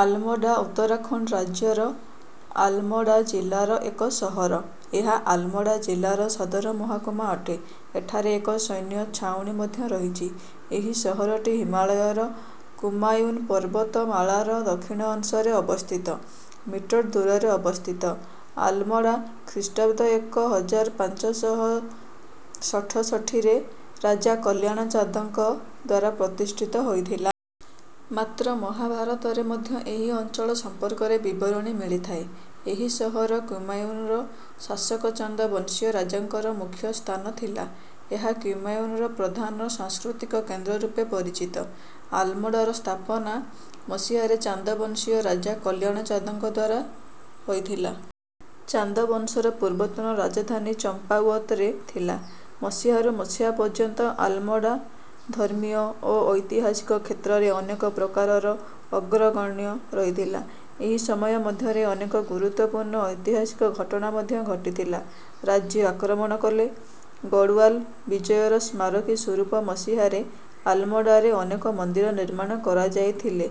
ଆଲମୋଡ଼ା ଉତ୍ତରାଖଣ୍ଡ ରାଜ୍ୟର ଆଲମୋଡ଼ା ଜିଲ୍ଲାର ଏକ ସହର। ଏହା ଆଲମୋଡ଼ା ଜିଲ୍ଲାର ସଦରମହକୁମା ଅଟେ। ଏଠାରେ ଏକ ସୈନ୍ୟ ଛାଉଣୀ ମଧ୍ୟ ରହିଛି। ଏହି ସହରଟି ହିମାଳୟର କୁମାୟୁନ ପର୍ବତମାଳାର ଦକ୍ଷିଣ ଅଂଶରେ ଅବସ୍ଥିତ। ମିଟର ଦୂରରେ ଅବସ୍ଥିତ। ଆଲମୋଡ଼ା ଖ୍ରୀଷ୍ଟାବ୍ଦ ଏକ ହଜାର ପାଞ୍ଚ ଶହ ଷଠଶଠିରେ ରାଜା କଲ୍ୟାଣ ଚାନ୍ଦଙ୍କ ଦ୍ୱାରା ପ୍ରତିଷ୍ଠିତ ହୋଇଥିଲା। ମାତ୍ର ମହାଭାରତରେ ମଧ୍ୟ ଏହି ଅଞ୍ଚଳ ସମ୍ପର୍କରେ ବିବରଣୀ ମିଳିଥାଏ। ଏହି ସହର କୁମାୟୁନର ଶାସକ ଚାନ୍ଦ ବଂଶୀୟ ରାଜାମାନଙ୍କର ମୁଖ୍ୟ ସ୍ଥାନ ଥିଲା। ଏହା କୁମାୟୁନର ପ୍ରଧାନ ସାଂସ୍କୃତିକ କେନ୍ଦ୍ର ରୂପେ ପରିଚିତ। ଆଲମୋଡ଼ାର ସ୍ଥାପନା ମସିହାରେ ଚାନ୍ଦ ବଂଶୀୟ ରାଜା କଲ୍ୟାଣ ଚାନ୍ଦଙ୍କ ଦ୍ୱାରା ହୋଇଥିଲା। ଚାନ୍ଦ ବଂଶର ପୂର୍ବତନ ରାଜଧାନୀ ଚମ୍ପାୱତରେ ଥିଲା। ମସିହାରୁ ମସିହା ପର୍ଯ୍ୟନ୍ତ ଆଲମୋଡ଼ା ଧର୍ମୀୟ ଓ ଐତିହାସିକ କ୍ଷେତ୍ରରେ ଅନେକ ପ୍ରକାରରେ ଅଗ୍ରଗଣ୍ୟ ରହିଥିଲା। ଏହି ସମୟ ମଧ୍ୟରେ ଅନେକ ଗୁରୁତ୍ୱପୂର୍ଣ୍ଣ ଐତିହାସିକ ଘଟଣା ମଧ୍ୟ ଘଟିଥିଲା। ରାଜ୍ୟ ଆକ୍ରମଣ କଲେ। ଗଡ଼ୱାଲ ବିଜୟର ସ୍ମାରକୀ ସ୍ୱରୂପ ମସିହାରେ ଆଲମୋଡ଼ାରେ ଅନେକ ମନ୍ଦିର ନିର୍ମାଣ କରାଇଥିଲେ,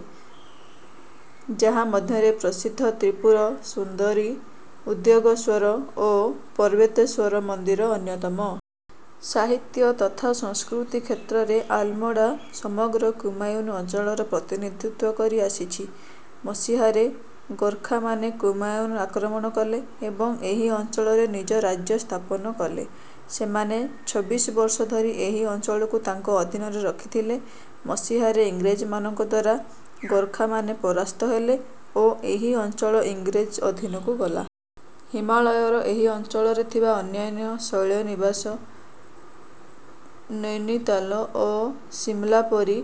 ଯାହା ମଧ୍ୟରେ ପ୍ରସିଦ୍ଧ ତ୍ରିପୁର ସୁନ୍ଦରୀ, ଉଦ୍ୟୋତଶ୍ୱର ଓ ପର୍ବତେଶ୍ୱର ମନ୍ଦିର ଅନ୍ୟତମ। ସାହିତ୍ୟ ତଥା ସଂସ୍କୃତି କ୍ଷେତ୍ରରେ ଆଲମୋଡ଼ା ସମଗ୍ର କୁମାୟୁନ ଅଞ୍ଚଳର ପ୍ରତିନିଧିତ୍ୱ କରି ଆସିଛି। ମସିହାରେ ଗୋର୍ଖାମାନେ କୁମାୟୁନ ଆକ୍ରମଣ କଲେ ଏବଂ ଏହି ଅଞ୍ଚଳରେ ନିଜ ରାଜ୍ୟ ସ୍ଥାପନ କଲେ। ସେମାନେ ଚୋବିଶ ବର୍ଷ ଧରି ଏହି ଅଞ୍ଚଳକୁ ତାଙ୍କ ଅଧୀନରେ ରଖିଥିଲେ। ମସିହାରେ ଇଂରେଜମାନଙ୍କ ଦ୍ୱାରା ଗୋର୍ଖାମାନେ ପରାସ୍ତ ହେଲେ ଓ ଏହି ଅଞ୍ଚଳ ଇଂରେଜ ଅଧୀନକୁ ଗଲା। ହିମାଳୟର ଏହି ଅଞ୍ଚଳରେ ଥିବା ଅନ୍ୟାନ୍ୟ ଶୈଳନିବାସ ନୈନିତାଲ ଓ ଶିମଲା ପରି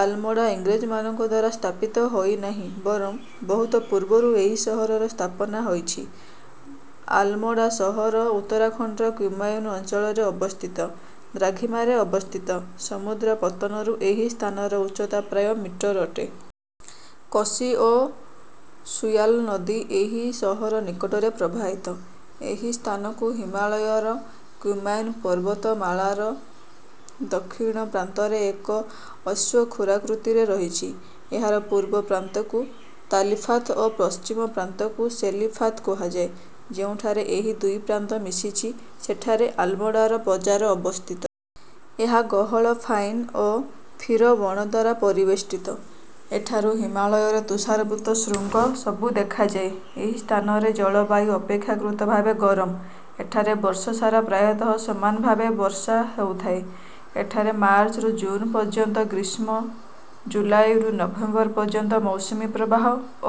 ଆଲମୋଡ଼ା ଇଂରେଜମାନଙ୍କ ଦ୍ୱାରା ସ୍ଥାପିତ ହୋଇନାହିଁ ବରଂ ବହୁତ ପୂର୍ବରୁ ଏହି ସହରର ସ୍ଥାପନା ହୋଇଛି। ଆଲମୋଡ଼ା ସହର ଉତ୍ତରାଖଣ୍ଡର କୁମାୟୁନ ଅଞ୍ଚଳରେ ଅବସ୍ଥିତ। ଦ୍ରାଘିମାରେ ଅବସ୍ଥିତ। ସମୁଦ୍ର ପତନରୁ ଏହି ସ୍ଥାନର ଉଚ୍ଚତା ପ୍ରାୟ ମିଟର ଅଟେ। କୋଶି ଓ ସୂୟାଲ ନଦୀ ଏହି ସହର ନିକଟରେ ପ୍ରବାହିତ। ଏହି ସ୍ଥାନଟି ହିମାଳୟର କୁମାୟୁନ ପର୍ବତମାଳାର ଦକ୍ଷିଣ ପ୍ରାନ୍ତରେ ଏକ ଅଶ୍ୱକ୍ଷୁରାକୃତିରେ ରହିଛି। ଏହାର ପୂର୍ବ ପ୍ରାନ୍ତକୁ ତାଲିଫାତ ଓ ପଶ୍ଚିମ ପ୍ରାନ୍ତକୁ ସେଲିଫାତ କୁହାଯାଏ। ଯେଉଁଠାରେ ଏହି ଦୁଇ ପ୍ରାନ୍ତ ମିଶିଛି, ସେଠାରେ ଆଲମୋଡ଼ାର ବଜାର ଅବସ୍ଥିତ। ଏହା ଗହଳ ପାଇନ ଓ ଫିର ବଣ ଦ୍ୱାରା ପରିବେଷ୍ଟିତ। ଏଠାରୁ ହିମାଳୟର ତୁଷାରାବୃତ ଶୃଙ୍ଗ ସବୁ ଦେଖାଯାଏ। ଏହି ସ୍ଥାନରେ ଜଳବାୟୁ ଅପେକ୍ଷାକୃତ ଭାବେ ଗରମ। ଏଠାରେ ବର୍ଷସାରା ପ୍ରାୟତଃ ସମାନ ଭାବେ ବର୍ଷା ହେଉଥାଏ। ଏଠାରେ ମାର୍ଚ୍ଚରୁ ଜୁନ ପର୍ଯ୍ୟନ୍ତ ଗ୍ରୀଷ୍ମ, ଜୁଲାଇରୁ ନଭେମ୍ବର ପର୍ଯ୍ୟନ୍ତ ମୌସୁମୀ ପ୍ରବାହ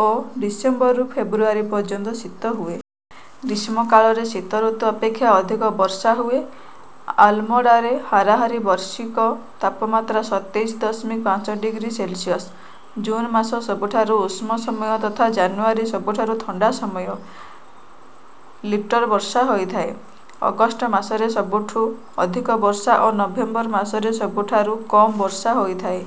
ଓ ଡିସେମ୍ବରରୁ ଫେବୃଆରୀ ପର୍ଯ୍ୟନ୍ତ ଶୀତ ହୁଏ। ଗ୍ରୀଷ୍ମକାଳରେ ଶୀତ ଋତୁ ଅପେକ୍ଷା ଅଧିକ ବର୍ଷା ହୁଏ। ଆଲମୋଡ଼ାର ହାରାହାରି ବାର୍ଷିକ ତାପମାତ୍ରା ସତେଇଶ ଦଶମିକ ପାଞ୍ଚ ଡିଗ୍ରୀ ସେଲସିୟସ। ଜୁନ ମାସ ସବୁଠାରୁ ଉଷ୍ମ ସମୟ ତଥା ଜାନୁଆରୀ ସବୁଠାରୁ ଥଣ୍ଡାର ସମୟ। ଲିଟର ବର୍ଷା ହୋଇଥାଏ। ଅଗଷ୍ଟ ମାସରେ ସବୁଠୁ ଅଧିକ ବର୍ଷା ଓ ନଭେମ୍ବର ମାସରେ ସବୁଠାରୁ କମ ବର୍ଷା ହୋଇଥାଏ।